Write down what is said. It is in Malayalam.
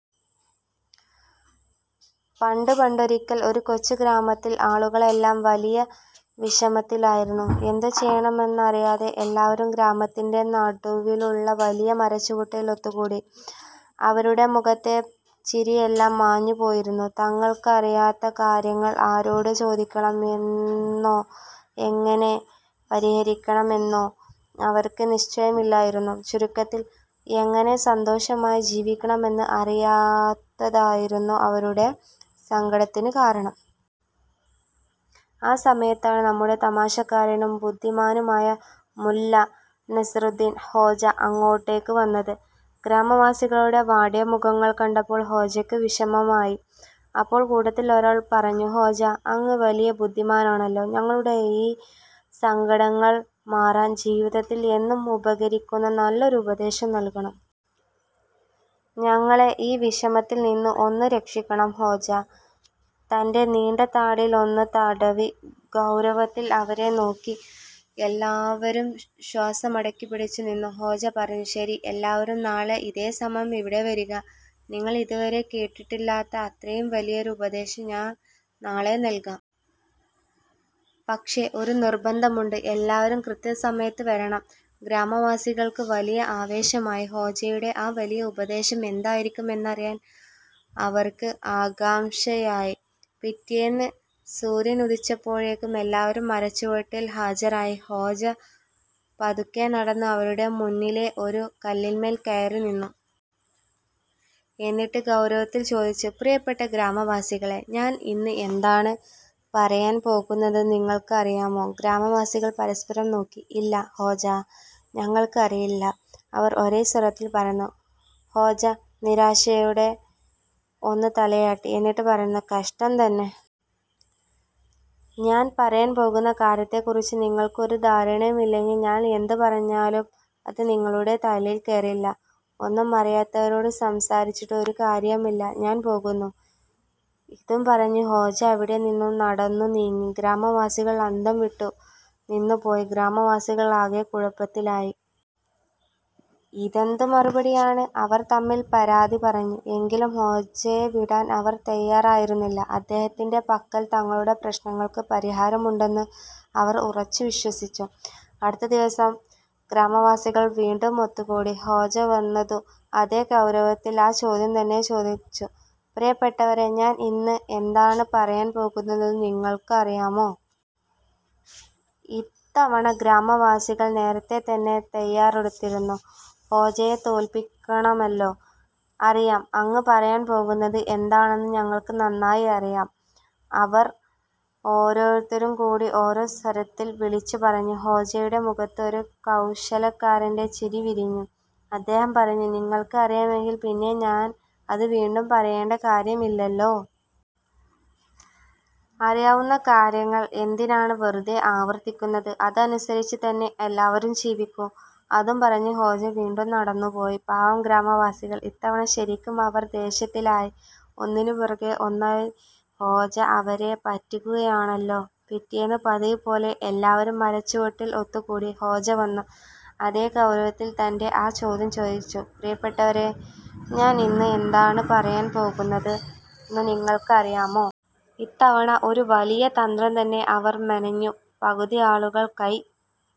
പണ്ട് പണ്ടൊരിക്കൽ, ഒരു കൊച്ചു ഗ്രാമത്തിൽ ആളുകളെല്ലാം വലിയ വിഷമത്തിലായിരുന്നു. എന്തുചെയ്യണമെന്നറിയാതെ എല്ലാവരും ഗ്രാമത്തിന്റെ നടുവിലുള്ള വലിയ മരച്ചുവട്ടിൽ ഒത്തുകൂടി. അവരുടെ മുഖത്തെ ചിരിയെല്ലാം മാഞ്ഞുപോയിരുന്നു. തങ്ങൾക്കറിയാത്ത കാര്യങ്ങൾ ആരോട് ചോദിക്കണം എന്നോ എങ്ങനെ പരിഹരിക്കണം എന്നോ അവർക്ക് നിശ്ചയമില്ലായിരുന്നു. ചുരുക്കത്തിൽ, എങ്ങനെ സന്തോഷമായി ജീവിക്കണമെന്ന് അറിയാത്തതായിരുന്നു അവരുടെ സങ്കടത്തിന് കാരണം. ആ സമയത്താണ് നമ്മുടെ തമാശക്കാരനും ബുദ്ധിമാനുമായ മുല്ലാ നസറുദ്ദീൻ ഹോജ അങ്ങോട്ടേക്ക് വന്നത്. ഗ്രാമവാസികളുടെ വാടിയ മുഖങ്ങൾ കണ്ടപ്പോൾ ഹോജയ്ക്കും വിഷമമായി. അപ്പോൾ കൂട്ടത്തിൽ ഒരാൾ പറഞ്ഞു: "ഹോജ, അങ്ങ് വലിയ ബുദ്ധിമാനാണല്ലോ. ഞങ്ങളുടെ ഈ സങ്കടങ്ങൾ മാറാൻ ജീവിതത്തിൽ എന്നും ഉപകരിക്കുന്ന നല്ലൊരു ഉപദേശം നൽകണം. ഞങ്ങളെ ഈ വിഷമത്തിൽ നിന്ന് ഒന്ന് രക്ഷിക്കണം. " ഹോജ തന്റെ നീണ്ട താടിയിൽ ഒന്ന് തടവി, ഗൗരവത്തിൽ അവരെ നോക്കി. എല്ലാവരും ശ്വാസമടക്കി പിടിച്ചു നിന്നു. ഹോജ പറഞ്ഞു: "ശരി, എല്ലാവരും നാളെ ഇതേ സമയം ഇവിടെ വരിക. നിങ്ങൾ ഇതുവരെ കേട്ടിട്ടില്ലാത്ത അത്രയും വലിയൊരു ഉപദേശം ഞാൻ നാളെ നൽകാം. പക്ഷേ ഒരു നിർബന്ധമുണ്ട്, എല്ലാവരും കൃത്യസമയത്ത് വരണം! " ഗ്രാമവാസികൾക്ക് വലിയ ആവേശമായി. ഹോജയുടെ ആ 'വലിയ ഉപദേശം' എന്തായിരിക്കും എന്നറിയാൻ അവർക്ക് ആകാംക്ഷയായി. പിറ്റേന്ന് സൂര്യൻ ഉദിച്ചപ്പോഴേക്കും എല്ലാവരും മരച്ചുവട്ടിൽ ഹാജരായി. ഹോജ പതുക്കെ നടന്ന് അവരുടെ മുന്നിലെ ഒരു കല്ലിന്മേൽ കയറി നിന്നു. എന്നിട്ട് ഗൗരവത്തിൽ ചോദിച്ചു: "പ്രിയപ്പെട്ട ഗ്രാമവാസികളേ, ഞാൻ ഇന്ന് എന്താണ് പറയാൻ പോകുന്നതെന്ന് നിങ്ങൾക്ക് അറിയാമോ? " ഗ്രാമവാസികൾ പരസ്പരം നോക്കി. "ഇല്ല ഹോജ, ഞങ്ങൾക്ക് അറിയില്ല. " അവർ ഒരേ സ്വരത്തിൽ പറഞ്ഞു. ഹോജ നിരാശയോടെ ഒന്ന് തലയാട്ടി. എന്നിട്ട് പറഞ്ഞു: "കഷ്ടം തന്നെ! ഞാൻ പറയാൻ പോകുന്ന കാര്യത്തെക്കുറിച്ച് നിങ്ങൾക്ക് ഒരു ധാരണയുമില്ലെങ്കിൽ, ഞാൻ എന്ത് പറഞ്ഞാലും അത് നിങ്ങളുടെ തലയിൽ കയറില്ല. ഒന്നും അറിയാത്തവരോട് സംസാരിച്ചിട്ട് ഒരു കാര്യവുമില്ല. ഞാൻ പോകുന്നു! " ഇതും പറഞ്ഞ് ഹോജ അവിടെ നിന്നും നടന്നു നീങ്ങി. ഗ്രാമവാസികൾ അന്തംവിട്ടു നിന്നുപോയി ഗ്രാമവാസികൾ ആകെ കുഴപ്പത്തിലായി. "ഇതെന്ത് മറുപടിയാണ്? " അവർ തമ്മിൽ പരാതി പറഞ്ഞു. എങ്കിലും ഹോജയെ വിടാൻ അവർ തയ്യാറായിരുന്നില്ല. അദ്ദേഹത്തിന്റെ പക്കൽ തങ്ങളുടെ പ്രശ്നങ്ങൾക്ക് പരിഹാരമുണ്ടെന്ന് അവർ ഉറച്ചു വിശ്വസിച്ചു. അടുത്ത ദിവസം ഗ്രാമവാസികൾ വീണ്ടും ഒത്തുകൂടി. ഹോജ വന്നതും അതേ ഗൗരവത്തിൽ ആ ചോദ്യം തന്നെ ചോദിച്ചു: "പ്രിയപ്പെട്ടവരേ, ഞാൻ ഇന്ന് എന്താണ് പറയാൻ പോകുന്നതെന്ന് നിങ്ങൾക്ക് അറിയാമോ? " ഇത്തവണ ഗ്രാമവാസികൾ നേരത്തെ തന്നെ തയ്യാറെടുത്തിരുന്നു. ഹോജയെ തോൽപ്പിക്കണമല്ലോ! "അറിയാം! അങ്ങ് പറയാൻ പോകുന്നത് എന്താണെന്ന് ഞങ്ങൾക്ക് നന്നായി അറിയാം! " അവർ എല്ലാവരും കൂടി ഒരേ സ്വരത്തിൽ വിളിച്ചു പറഞ്ഞു. ഹോജയുടെ മുഖത്ത് ഒരു കൗശലക്കാരന്റെ ചിരി വിരിഞ്ഞു. അദ്ദേഹം പറഞ്ഞു: "നിങ്ങൾക്ക് അറിയാമെങ്കിൽ പിന്നെ ഞാൻ അത് വീണ്ടും പറയേണ്ട കാര്യമില്ലല്ലോ. അറിയാവുന്ന കാര്യങ്ങൾ എന്തിനാണ് വെറുതെ ആവർത്തിക്കുന്നത്? അതനുസരിച്ച് തന്നെ എല്ലാവരും ജീവിക്കൂ! " അതും പറഞ്ഞ് ഹോജ വീണ്ടും നടന്നുപോയി. പാവം ഗ്രാമവാസികൾ! ഇത്തവണ ശരിക്കും അവർ ദേഷ്യത്തിലായി. ഒന്നിന് പുറകെ ഒന്നായി ഹോജ അവരെ പറ്റിക്കുകയാണല്ലോ. പിറ്റേന്ന് പതിവുപോലെ എല്ലാവരും മരച്ചുവട്ടിൽ ഒത്തുകൂടി. ഹോജ വന്നു അതേ ഗൗരവത്തിൽ തന്റെ ആ ചോദ്യം ചോദിച്ചു: "പ്രിയപ്പെട്ടവരേ, ഞാൻ ഇന്ന് എന്താണ് പറയാൻ പോകുന്നതെന്ന് നിങ്ങൾക്ക് അറിയാമോ? " ഇത്തവണ ഒരു വലിയ തന്ത്രം തന്നെ അവർ മെനഞ്ഞു. പകുതി ആളുകൾ കൈ